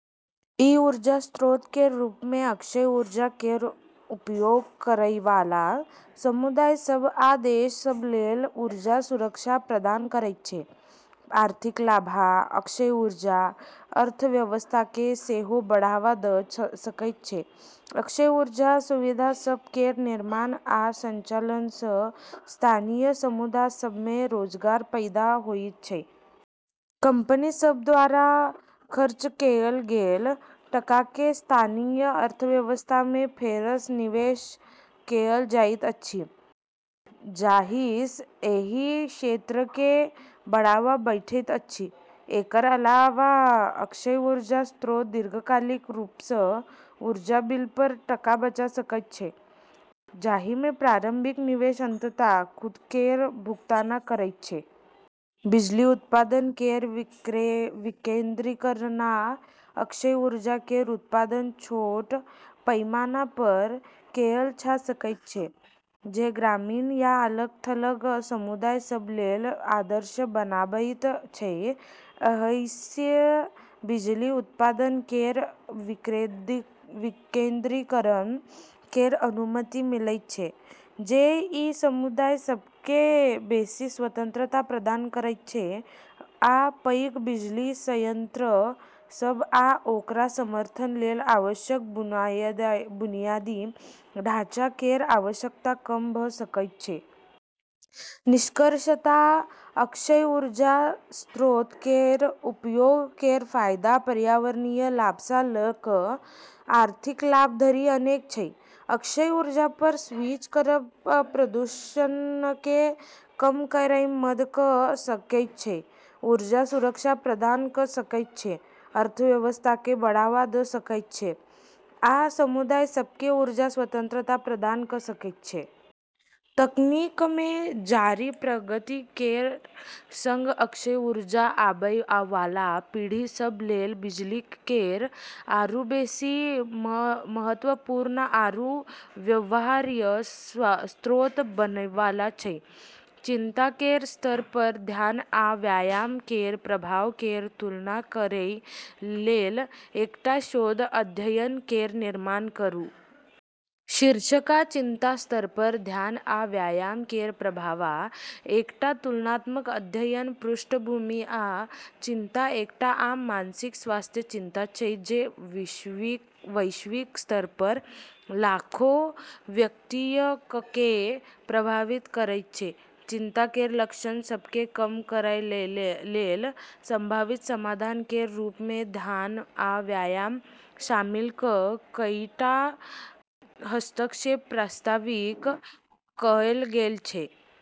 ई ऊर्जा स्रोत केर रूपमे अक्षय ऊर्जा केर उपयोग करैवाला समुदाय सभ आ देश सभ लेल ऊर्जा सुरक्षा प्रदान करैत छै। आर्थिक लाभ: अक्षय ऊर्जा अर्थव्यवस्थाकेँ सेहो बढ़ावा दऽ सकैत छै। अक्षय ऊर्जा सुविधा सभ केर निर्माण आ संचालनसँ स्थानीय समुदाय सभमे रोजगार पैदा होइत छै। कंपनी सभ द्वारा खर्च कएल गेल टकाकेँ स्थानीय अर्थव्यवस्थामे फेरसँ निवेश कएल जाइत अछि, जाहिसँ एहि क्षेत्रकेँ बढ़ावा भेटैत अछि। एकर अलावा, अक्षय ऊर्जा स्रोत दीर्घकालिक रूपसँ ऊर्जा बिलपर टका बचा सकैत छै, जाहिमे प्रारंभिक निवेश अंततः खुद केर भुगतान करैत छै। बिजली उत्पादन केर विकेंद्रीकरण: अक्षय ऊर्जा केर उत्पादन छोट पैमानापर कएल जा सकैत छै, जे ग्रामीण या अलग-थलग समुदाय सभ लेल आदर्श बनाबैत छै। एहिसँ बिजली उत्पादन केर विकेंद्रीकरण केर अनुमति मिलैत छै, जे ई समुदाय सभकेँ बेसी स्वतंत्रता प्रदान करैत छै आ पैघ बिजली संयंत्र सभ आ ओकरा समर्थन लेल आवश्यक बुनियादी ढाँचा केर आवश्यकता कम भऽ सकैत छै। निष्कर्षतः: अक्षय ऊर्जा स्रोत केर उपयोग केर फायदा पर्यावरणीय लाभसँ लऽ कऽ आर्थिक लाभ धरि अनेक छै। अक्षय ऊर्जापर स्विच करब प्रदूषणकेँ कम करैमे मदद कऽ सकैत छै, ऊर्जा सुरक्षा प्रदान कऽ सकैत छै, अर्थव्यवस्थाकेँ बढ़ावा दऽ सकैत छै, आ समुदाय सभकेँ ऊर्जा स्वतंत्रता प्रदान कऽ सकैत छै। तकनीकमे जारी प्रगति केर संग अक्षय ऊर्जा आबैवाला पीढ़ी सभ लेल बिजली केर आरू बेसी महत्वपूर्ण आरू व्यवहार्य स्रोत बनैवाला छै। चिंता केर स्तरपर ध्यान आ व्यायाम केर प्रभाव केर तुलना करै लेल एकटा शोध अध्ययन केर निर्माण करू। शीर्षक: चिंता स्तरपर ध्यान आ व्यायाम केर प्रभाव: एकटा तुलनात्मक अध्ययन। पृष्ठभूमि: चिंता एकटा आम मानसिक स्वास्थ्य चिंता छै जे वैश्विक स्तरपर लाखो व्यक्तियककेँ प्रभावित करैत छै। चिंता केर लक्षण सभकेँ कम करै लेल संभावित समाधान केर रूपमे ध्यान आ व्यायाम शामिल कऽ कईटा हस्तक्षेप प्रस्तावित कएल गेल छै।